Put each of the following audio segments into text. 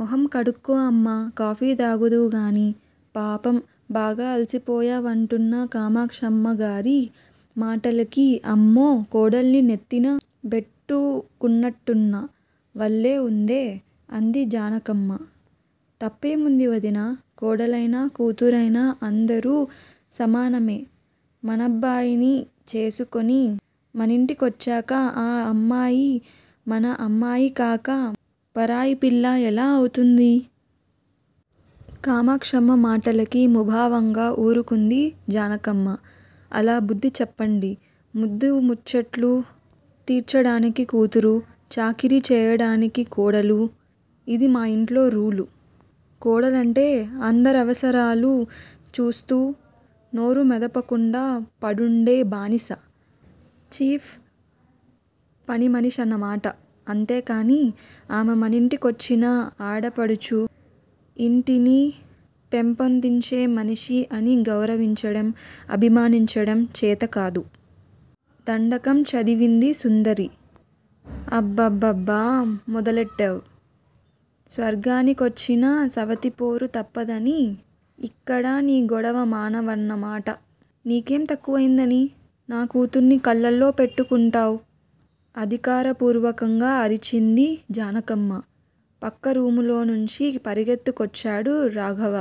మొహం కడుక్కో అమ్మా కాఫీ తాగుదువుగానీ, పాపం! బాగా అలసిపోయావ్ అంటూన్న కామాక్షమ్మగారి మాటలకి అమ్మో కోడల్ని నెత్తిన బెట్టుకున్నట్టున్నావల్లే వుందే అంది జానకమ్మ. తప్పేముంది వదినా! కోడలైనా కూతురైనా అందరూ సమానమే. మనబ్బాయిని చేసుకుని మనింటికొచ్చాక ఆ అమ్మాయి మన అమ్మాయికాక పరాయిపిల్ల ఎలా అవుతుంది? కామాక్షమ్మ మాటలకి ముభావంగా ఊరుకుంది జానకమ్మ. అలా బుద్ది చెప్పండి. ముద్దూముచ్చట్లు తీర్చాడానికి కూతురూ, చాకిరీ చెయ్యడానికి కోడలూ. ఇదీ మా ఇంట్లో రూలు. కోడలంటే అందరి అవసరాలూ చూస్తూ, నోరు మొదపకుండా పడుండే బానిస. 'చీఫ్' పనిమనిషన్నమాట. అంతేకానీ, ఆమె మన ఇంటికొచ్చిన ఆడపడుచు, ఇంటిని పెంపొందించే మనిషి అని గౌరవించడం, అభిమానించడం చేతకాదు. దండకం చదివింది సుందరి. అ బ్బ బ్బ బ్బ మొదలెట్టావ్? స్వర్గాని కొచ్చినా సవతిపోరు తప్పదనీ, ఇక్కడా నీ గొడవ మానవన్న మాట. నీకేం తక్కువయిందని, నా కూతుర్ని కళ్ళల్లో పెట్టుకుంటావు అధికారపూర్వకంగా అరిచింది జానకమ్మ. పక్క రూములోనుంచి పరుగెత్తుకొచ్చాడు రాఘవ.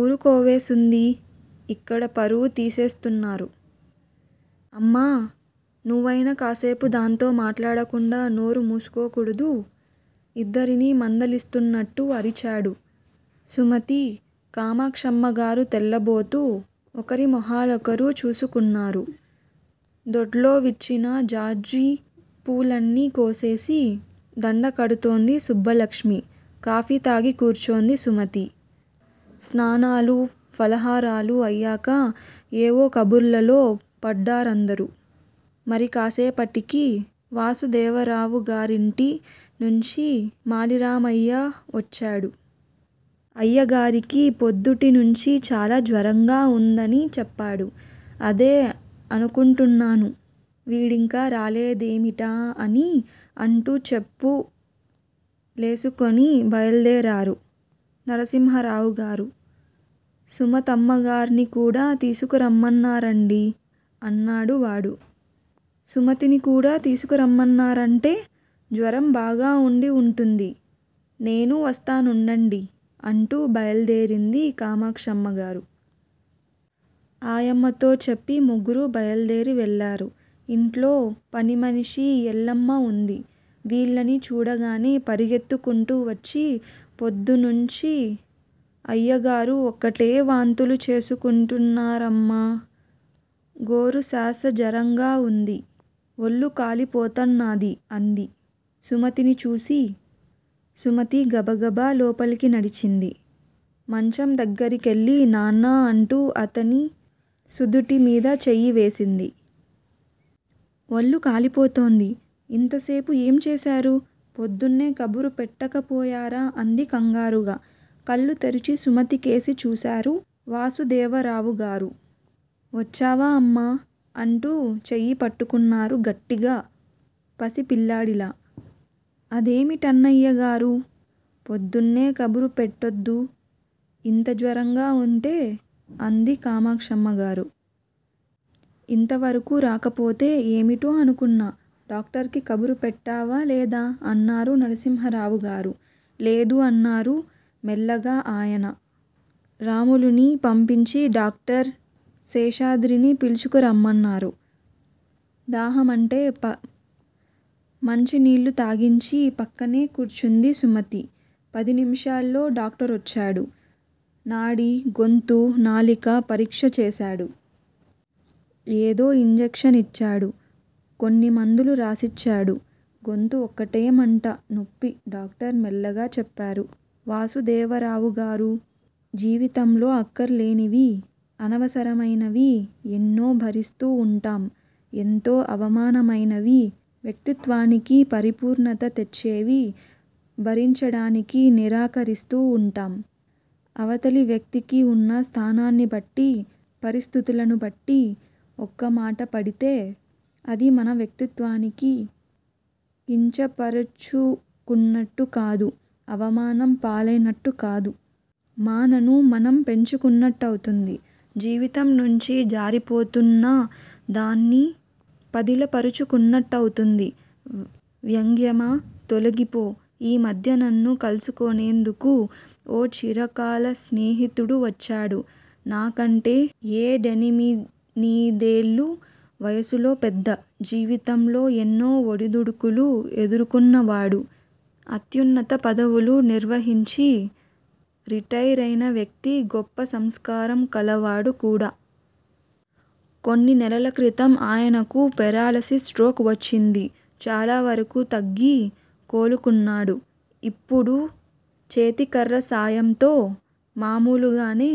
ఊరుకోవే సుందీ ఇక్కడా పరువు తీసేస్తున్నారు. అమ్మా నువ్వైనా కాస్సేపు దాంతో మాట్లాడకుండా నోరు మూసుకోకూడదూ? ఇద్దరినీ మందలిస్తూన్నట్టు అరిచాడు. సుమతీ, కామాక్షమ్మగారు తెల్లబోతూ ఒకరిమొహ లోకరు చూసుకున్నారు. దొడ్లో విచ్చిన జాజిపూలన్నీ కోసేసి దండకడుతోంది సుబ్బలక్ష్మి, కాఫీ తాగి కూర్చుంది. సుమతి. స్నానాలూ, ఫలహారాలు అయ్యాక ఏవో కబుర్లలో పడ్డారందరూ. మరికాస్సేపటికి వాసుదేవరావుగారింటి నుంచి మాలిరామయ్య వచ్చాడు. అయ్యాగారికి పొద్దుటినుంచీ చాలా జ్వరంగా వుంద ని చెప్పాడు. అదే అనుకుంటున్నాను, వీడింకా రాలేదేమిటా అని అంటూ చెప్పు లేసుకుని బయలుదేరారు నరసింహరావుగారు. సుమతమ్మగార్ని కూడా తీసుకురమ్మన్నారండీ అన్నాడువాడు. సుమతినికూడా తీసుకురమ్మన్నారంటే, జ్వరం బాగా వుండి వుంటుంది. నేనూ వస్తా నుండండి అంటూ బయలుదేరింది కామాక్షమ్మగారు. ఆయమ్మతో చెప్పి ముగ్గురూ బయలుదేరి వెళ్ళారు. ఇంట్లో పనిమనిషి ఎల్లమ్మ వుంది. వీళ్ళని చూడగానే పరుగెత్తుకుంటూ వచ్చి పొద్దునుంచీ అయ్యాగారు ఒకటే వాంతులు చేసుకుంటున్నారమ్మగోరూ శాస జరంగా వుంది. ఒల్లు కాలిపోతన్నాది అంది సుమతిని చూసి. సుమతి గబగబా లోపలికి నడిచింది. మంచం దగ్గరికెళ్ళి నాన్నా అంటూ అతని సుదుటిమీద చెయ్యి వేసింది. ఒళ్ళు కాలిపోతోంది. ఇంతసేపు ఏం చేశారూ? పొద్దున్నే కబురు పెట్టకపోయారా? అంది కంగారుగా. కళ్ళు తెరచి సుమతికేసి చూశారు వాసుదేవరావుగారు. వచ్చావా అమ్మా అంటూ చెయ్యి పట్టుకున్నారు గట్టిగా పసి పిల్లాడిలా. అదేమి టన్నయ్యగారూ, పొద్దున్నే కబురు పెట్టోద్దూ, ఇంత జ్వరంగా వుంటే అంది కామాక్షమ్మగారు. ఇంతవరకూ రాకపోతే ఏమిటో అనుకున్నా. డాక్టర్ కి కబురుపెట్టావా లేదా? అన్నారు నరసింహరావుగారు. లేదు అన్నారు మెల్లగా ఆయన. రాములుని పంపించి డాక్టర్ శేషాద్రిని పిలుచుకు రమ్మన్నారు. దాహం అంటే మంచినీళ్ళు తాగించి పక్కనే కూర్చుంది సుమతి. పది నిమిషాల్లో డాక్టరోచ్చాడు. నాడీ, గొంతు, నాలిక పరీక్ష చేశాడు. ఏదో ఇంజక్ష నిచ్చాడు. కొన్ని మందులు రాసిచ్చాడు. గొంతు ఒకటే మంట, నొప్పి డాక్టర్ మెల్లగా చెప్పారు వాసుదేవరావుగారు. జీవితంలో అక్కర్లేనివీ, అనవసరమైనవీ ఎన్నో భరిస్తూ వుంటాం ఎంతో అవసరమైనవీ, వ్యక్తిత్వానికి పరిపూర్ణత తెచ్చేవీ భరించడానికి నిరాకరిస్తూ వుంటాం. అవతలి వ్యక్తికి వున్న స్థానాన్నిబట్టీ, పరిస్థితులను బట్టీ ఒకమాట పడితే, అది మన వ్యక్తిత్వాన్ని కించపరచుకున్నట్టు కాదు, అవమానం పాలైనట్టుకాదు. మానను మనం పెంచుకున్నట్టవుతుంది. జీవితంనుంచి జారిపోతూన్న దాన్ని పదిలపరచుకున్నట్టవుతుంది. వ్యంగ్యమా! తొలగిపో! ఈ మధ్య నన్ను కలుసుకునేందుకు ఓ చిరకాల స్నేహితుడు వచ్చాడు. నాకంటే ఏడెమినిదేళ్ళు వయసులో పెద్ద. జీవితంలో ఎన్నో ఒడిదుడికులు ఎదుర్కున్నవాడు. అత్యున్నత పదవులు నిర్వహించి, రిటైరైన వ్యక్తి గొప్ప సంస్కారం కలవాడు కూడా. కొన్ని నెలలక్రితం ఆయనకు పెరాలిసిస్ స్ట్రోక్ వచ్చింది. చాలావరకూ తగ్గి, కోలుకున్నాడు. ఇప్పుడు చేతికర్ర సాయంతో మామూలుగానే